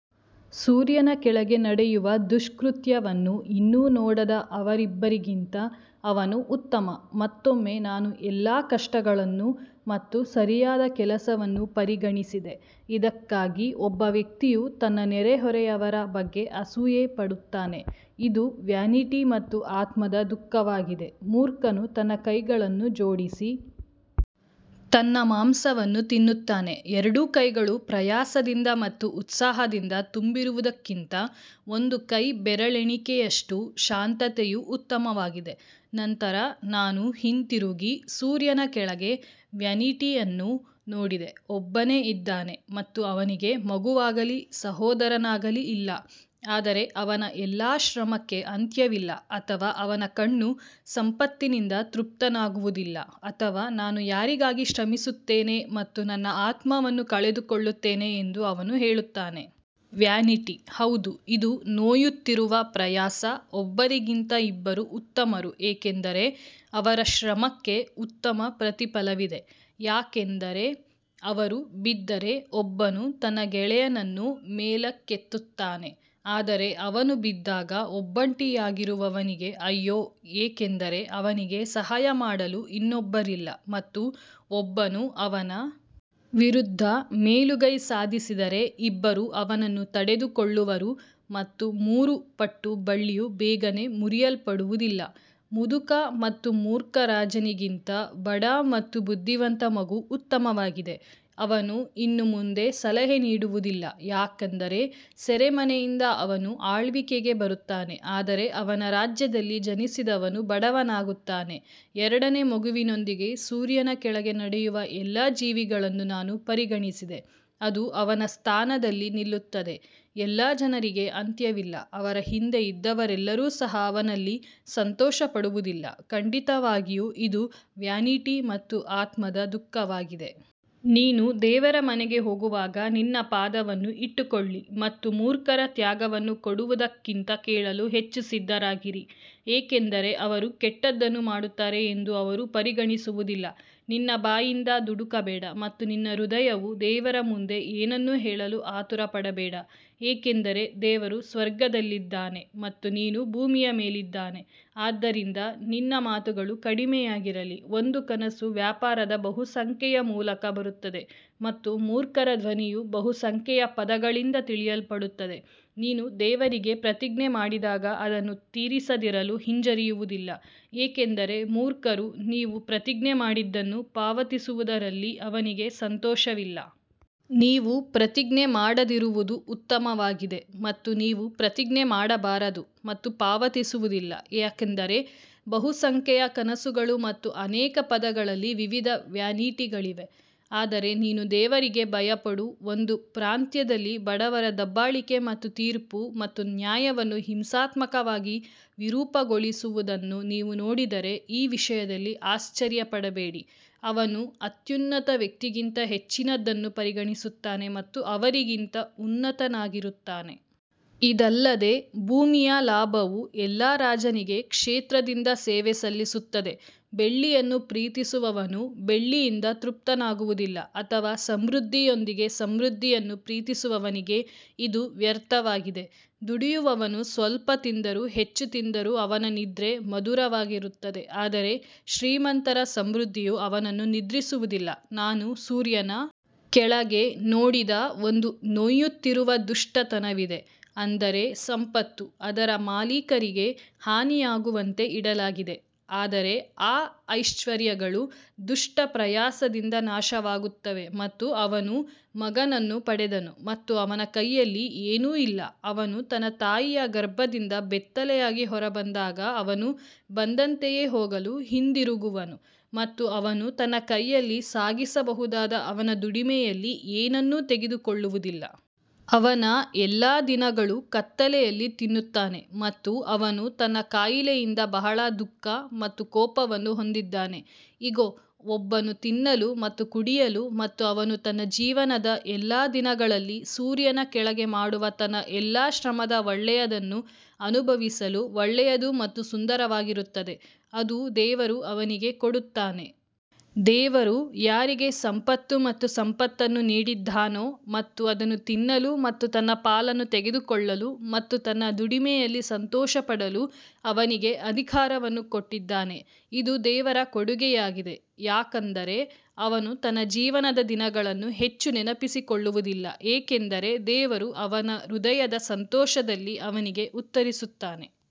ಸೂರ್ಯನ ಕೆಳಗೆ ನಡೆಯುವ ದುಷ್ಕೃತ್ಯವನ್ನು ಇನ್ನೂ ನೋಡದ ಅವರಿಬ್ಬರಿಗಿಂತ ಅವನು ಉತ್ತಮ. ಮತ್ತೊಮ್ಮೆ ನಾನು ಎಲ್ಲಾ ಕಷ್ಟಗಳನ್ನು ಮತ್ತು ಸರಿಯಾದ ಕೆಲಸವನ್ನು ಪರಿಗಣಿಸಿದೆ, ಇದಕ್ಕಾಗಿ ಒಬ್ಬ ವ್ಯಕ್ತಿಯು ತನ್ನ ನೆರೆಹೊರೆಯವರ ಬಗ್ಗೆ ಅಸೂಯೆಪಡುತ್ತಾನೆ, ಇದು ವ್ಯಾನಿಟಿ ಮತ್ತು ಆತ್ಮದ ದುಃಖವಾಗಿದೆ. ಮೂರ್ಖನು ತನ್ನ ಕೈಗಳನ್ನು ಜೋಡಿಸಿ ತನ್ನ ಮಾಂಸವನ್ನು ತಿನ್ನುತ್ತಾನೆ ಎರಡೂ ಕೈಗಳು ಪ್ರಯಾಸದಿಂದ ಮತ್ತು ಉತ್ಸಾಹದಿಂದ ತುಂಬಿರುವುದಕ್ಕಿಂತ ಒಂದು ಕೈಬೆರಳೆಣಿಕೆಯಷ್ಟು ಶಾಂತತೆಯು ಉತ್ತಮವಾಗಿದೆ ನಂತರ ನಾನು ಹಿಂತಿರುಗಿ ಸೂರ್ಯನ ಕೆಳಗೆ ವ್ಯಾನಿಟಿಯನ್ನು ನೋಡಿದೆ ಒಬ್ಬನೇ ಇದ್ದಾನೆ ಮತ್ತು ಅವನಿಗೆ ಮಗುವಾಗಲಿ ಸಹೋದರನಾಗಲಿ ಇಲ್ಲ, ಆದರೆ ಅವನ ಎಲ್ಲಾ ಶ್ರಮಕ್ಕೆ ಅಂತ್ಯವಿಲ್ಲ ಅಥವಾ ಅವನ ಕಣ್ಣು ಸಂಪತ್ತಿನಿಂದ ತೃಪ್ತನಾಗುವುದಿಲ್ಲ ಅಥವಾ ನಾನು ಯಾರಿಗಾಗಿ ಶ್ರಮಿಸುತ್ತೇನೆ ಮತ್ತು ನನ್ನ ಆತ್ಮವನ್ನು ಕಳೆದುಕೊಳ್ಳುತ್ತೇನೆ ಎಂದು ಅವನು ಹೇಳುತ್ತಾನೆ. ವ್ಯಾನಿಟಿ ಹೌದು ಇದು ನೋಯುತ್ತಿರುವ ಪ್ರಯಾಸ ಒಬ್ಬರಿಗಿಂತ ಇಬ್ಬರು ಉತ್ತಮರು ಏಕೆಂದರೆ ಅವರ ಶ್ರಮಕ್ಕೆ ಉತ್ತಮ ಪ್ರತಿಫಲವಿದೆ ಯಾಕಂದರೆ ಅವರು ಬಿದ್ದರೆ ಒಬ್ಬನು ತನ್ನ ಗೆಳೆಯನನ್ನು ಮೇಲಕ್ಕೆತ್ತುತ್ತಾನೆ ಆದರೆ ಅವನು ಬಿದ್ದಾಗ ಒಬ್ಬಂಟಿಯಾಗಿರುವವನಿಗೆ ಅಯ್ಯೋ, ಏಕೆಂದರೆ ಅವನಿಗೆ ಸಹಾಯ ಮಾಡಲು ಇನ್ನೊಬ್ಬರಿಲ್ಲ. ಮತ್ತು ಒಬ್ಬನು ಅವನ ವಿರುದ್ಧ ಮೇಲುಗೈ ಸಾಧಿಸಿದರೆ ಇಬ್ಬರು ಅವನನ್ನು ತಡೆದುಕೊಳ್ಳುವರು ಮತ್ತು ಮೂರು ಪಟ್ಟು ಬಳ್ಳಿಯು ಬೇಗನೆ ಮುರಿಯಲ್ಪಡುವುದಿಲ್ಲ ಮುದುಕ ಮತ್ತು ಮೂರ್ಖ ರಾಜನಿಗಿಂತ ಬಡ ಮತ್ತು ಬುದ್ಧಿವಂತ ಮಗು ಉತ್ತಮವಾಗಿದೆ, ಅವನು ಇನ್ನು ಮುಂದೆ ಸಲಹೆ ನೀಡುವುದಿಲ್ಲ ಯಾಕಂದರೆ ಸೆರೆಮನೆಯಿಂದ ಅವನು ಆಳ್ವಿಕೆಗೆ ಬರುತ್ತಾನೆ ಆದರೆ ಅವನ ರಾಜ್ಯದಲ್ಲಿ ಜನಿಸಿದವನು ಬಡವನಾಗುತ್ತಾನೆ ಎರಡನೇ ಮಗುವಿನೊಂದಿಗೆ ಸೂರ್ಯನ ಕೆಳಗೆ ನಡೆಯುವ ಎಲ್ಲ ಜೀವಿಗಳನ್ನು ನಾನು ಪರಿಗಣಿಸಿದೆ, ಅದು ಅವನ ಸ್ಥಾನದಲ್ಲಿ ನಿಲ್ಲುತ್ತದೆ ಎಲ್ಲಾ ಜನರಿಗೆ ಅಂತ್ಯವಿಲ್ಲ, ಅವರ ಹಿಂದೆ ಇದ್ದವರೆಲ್ಲರೂ ಸಹ ಅವನಲ್ಲಿ ಸಂತೋಷಪಡುವುದಿಲ್ಲ, ಖಂಡಿತವಾಗಿಯೂ ಇದು ವ್ಯಾನಿಟಿ ಮತ್ತು ಆತ್ಮದ ದುಃಖವಾಗಿದೆ. ನೀನು ದೇವರ ಮನೆಗೆ ಹೋಗುವಾಗ ನಿನ್ನ ಪಾದವನ್ನು ಇಟ್ಟುಕೊಳ್ಳಿ ಮತ್ತು ಮೂರ್ಖರ ತ್ಯಾಗವನ್ನು ಕೊಡುವುದಕ್ಕಿಂತ ಕೇಳಲು ಹೆಚ್ಚು ಸಿದ್ಧರಾಗಿರಿ ಏಕೆಂದರೆ ಅವರು ಕೆಟ್ಟದ್ದನ್ನು ಮಾಡುತ್ತಾರೆ ಎಂದು ಅವರು ಪರಿಗಣಿಸುವುದಿಲ್ಲ. ನಿನ್ನ ಬಾಯಿಂದ ದುಡುಕಬೇಡ ಮತ್ತು ನಿನ್ನ ಹೃದಯವು ದೇವರ ಮುಂದೆ ಏನನ್ನೂ ಹೇಳಲು ಆತುರಪಡಬೇಡ ಏಕೆಂದರೆ ದೇವರು ಸ್ವರ್ಗದಲ್ಲಿದ್ದಾನೆ ಮತ್ತು ನೀನು ಭೂಮಿಯ ಮೇಲಿದ್ದಾನೆ ಆದ್ದರಿಂದ ನಿನ್ನ ಮಾತುಗಳು ಕಡಿಮೆಯಾಗಿರಲಿ ಒಂದು ಕನಸು ವ್ಯಾಪಾರದ ಬಹುಸಂಖ್ಯೆಯ ಮೂಲಕ ಬರುತ್ತದೆ ಮತ್ತು ಮೂರ್ಖರ ಧ್ವನಿಯು ಬಹುಸಂಖ್ಯೆಯ ಪದಗಳಿಂದ ತಿಳಿಯಲ್ಪಡುತ್ತದೆ ನೀನು ದೇವರಿಗೆ ಪ್ರತಿಜ್ಞೆ ಮಾಡಿದಾಗ ಅದನ್ನು ತೀರಿಸದಿರಲು ಹಿಂಜರಿಯುವುದಿಲ್ಲ ಏಕೆಂದರೆ ಮೂರ್ಖರು ನೀವು ಪ್ರತಿಜ್ಞೆ ಮಾಡಿದ್ದನ್ನು ಪಾವತಿಸುವುದರಲ್ಲಿ ಅವನಿಗೆ ಸಂತೋಷವಿಲ್ಲ. ನೀವು ಪ್ರತಿಜ್ಞೆ ಮಾಡದಿರುವುದು ಉತ್ತಮವಾಗಿದೆ ಮತ್ತು ನೀವು ಪ್ರತಿಜ್ಞೆ ಮಾಡಬಾರದು ಮತ್ತು ಪಾವತಿಸುವುದಿಲ್ಲ ಯಾಕಂದರೆ ಬಹುಸಂಖ್ಯೆಯ ಕನಸುಗಳು ಮತ್ತು ಅನೇಕ ಪದಗಳಲ್ಲಿ ವಿವಿಧ ವ್ಯಾನಿಟಿಗಳಿವೆ ಆದರೆ ನೀನು ದೇವರಿಗೆ ಭಯಪಡು ಒಂದು ಪ್ರಾಂತ್ಯದಲ್ಲಿ ಬಡವರ ದಬ್ಬಾಳಿಕೆ ಮತ್ತು ತೀರ್ಪು ಮತ್ತು ನ್ಯಾಯವನ್ನು ಹಿಂಸಾತ್ಮಕವಾಗಿ ವಿರೂಪಗೊಳಿಸುವುದನ್ನು ನೀವು ನೋಡಿದರೆ, ಈ ವಿಷಯದಲ್ಲಿ ಆಶ್ಚರ್ಯಪಡಬೇಡಿ, ಅವನು ಅತ್ಯುನ್ನತ ವ್ಯಕ್ತಿಗಿಂತ ಹೆಚ್ಚಿನದನ್ನು ಪರಿಗಣಿಸುತ್ತಾನೆ ಮತ್ತು ಅವರಿಗಿಂತ ಉನ್ನತನಾಗಿರುತ್ತಾನೆ. ಇದಲ್ಲದೆ ಭೂಮಿಯ ಲಾಭವು ಎಲ್ಲಾ ರಾಜನಿಗೆ ಕ್ಷೇತ್ರದಿಂದ ಸೇವೆ ಸಲ್ಲಿಸುತ್ತದೆ ಬೆಳ್ಳಿಯನ್ನು ಪ್ರೀತಿಸುವವನು ಬೆಳ್ಳಿಯಿಂದ ತೃಪ್ತನಾಗುವುದಿಲ್ಲ ಅಥವಾ ಸಮೃದ್ಧಿಯೊಂದಿಗೆ ಸಮೃದ್ಧಿಯನ್ನು ಪ್ರೀತಿಸುವವನಿಗೆ ಇದು ವ್ಯರ್ಥವಾಗಿದೆ ದುಡಿಯುವವನು ಸ್ವಲ್ಪ ತಿಂದರೂ ಹೆಚ್ಚು ತಿಂದರೂ ಅವನ ನಿದ್ರೆ ಮಧುರವಾಗಿರುತ್ತದೆ ಆದರೆ ಶ್ರೀಮಂತರ ಸಮೃದ್ಧಿಯು ಅವನನ್ನು ನಿದ್ರಿಸುವುದಿಲ್ಲ. ನಾನು ಸೂರ್ಯನ ಕೆಳಗೆ ನೋಡಿದ ಒಂದು ನೋಯುತ್ತಿರುವ ದುಷ್ಟತನವಿದೆ, ಅಂದರೆ ಸಂಪತ್ತು ಅದರ ಮಾಲೀಕರಿಗೆ ಹಾನಿಯಾಗುವಂತೆ ಇಡಲಾಗಿದೆ ಆದರೆ ಆ ಐಶ್ವರ್ಯಗಳು ದುಷ್ಟ ಪ್ರಯಾಸದಿಂದ ನಾಶವಾಗುತ್ತವೆ ಮತ್ತು ಅವನು ಮಗನನ್ನು ಪಡೆದನು ಮತ್ತು ಅವನ ಕೈಯಲ್ಲಿ ಏನೂ ಇಲ್ಲ ಅವನು ತನ್ನ ತಾಯಿಯ ಗರ್ಭದಿಂದ ಬೆತ್ತಲೆಯಾಗಿ ಹೊರಬಂದಾಗ ಅವನು ಬಂದಂತೆಯೇ ಹೋಗಲು ಹಿಂದಿರುಗುವನು ಮತ್ತು ಅವನು ತನ್ನ ಕೈಯಲ್ಲಿ ಸಾಗಿಸಬಹುದಾದ ಅವನ ದುಡಿಮೆಯಲ್ಲಿ ಏನನ್ನೂ ತೆಗೆದುಕೊಳ್ಳುವುದಿಲ್ಲ. ಅವನ ಎಲ್ಲಾ ದಿನಗಳು ಕತ್ತಲೆಯಲ್ಲಿ ತಿನ್ನುತ್ತಾನೆ ಮತ್ತು ಅವನು ತನ್ನ ಕಾಯಿಲೆಯಿಂದ ಬಹಳ ದುಃಖ ಮತ್ತು ಕೋಪವನ್ನು ಹೊಂದಿದ್ದಾನೆ ಇಗೋ, ಒಬ್ಬನು ತಿನ್ನಲು ಮತ್ತು ಕುಡಿಯಲು ಮತ್ತು ಅವನು ತನ್ನ ಜೀವನದ ಎಲ್ಲಾ ದಿನಗಳಲ್ಲಿ ಸೂರ್ಯನ ಕೆಳಗೆ ಮಾಡುವ ತನ್ನ ಎಲ್ಲಾ ಶ್ರಮದ ಒಳ್ಳೆಯದನ್ನು ಅನುಭವಿಸಲು ಒಳ್ಳೆಯದು ಮತ್ತು ಸುಂದರವಾಗಿರುತ್ತದೆ, ಅದು ದೇವರು ಅವನಿಗೆ ಕೊಡುತ್ತಾನೆ. ದೇವರು ಯಾರಿಗೆ ಸಂಪತ್ತು ಮತ್ತು ಸಂಪತ್ತನ್ನು ನೀಡಿದ್ದಾನೋ ಮತ್ತು ಅದನ್ನು ತಿನ್ನಲು ಮತ್ತು ತನ್ನ ಪಾಲನ್ನು ತೆಗೆದುಕೊಳ್ಳಲು ಮತ್ತು ತನ್ನ ದುಡಿಮೆಯಲ್ಲಿ ಸಂತೋಷಪಡಲು ಅವನಿಗೆ ಅಧಿಕಾರವನ್ನು ಕೊಟ್ಟಿದ್ದಾನೆ, ಇದು ದೇವರ ಕೊಡುಗೆಯಾಗಿದೆ. ಯಾಕಂದರೆ ಅವನು ತನ್ನ ಜೀವನದ ದಿನಗಳನ್ನು ಹೆಚ್ಚು ನೆನಪಿಸಿಕೊಳ್ಳುವುದಿಲ್ಲ ಏಕೆಂದರೆ ದೇವರು ಅವನ ಹೃದಯದ ಸಂತೋಷದಲ್ಲಿ ಅವನಿಗೆ ಉತ್ತರಿಸುತ್ತಾನೆ.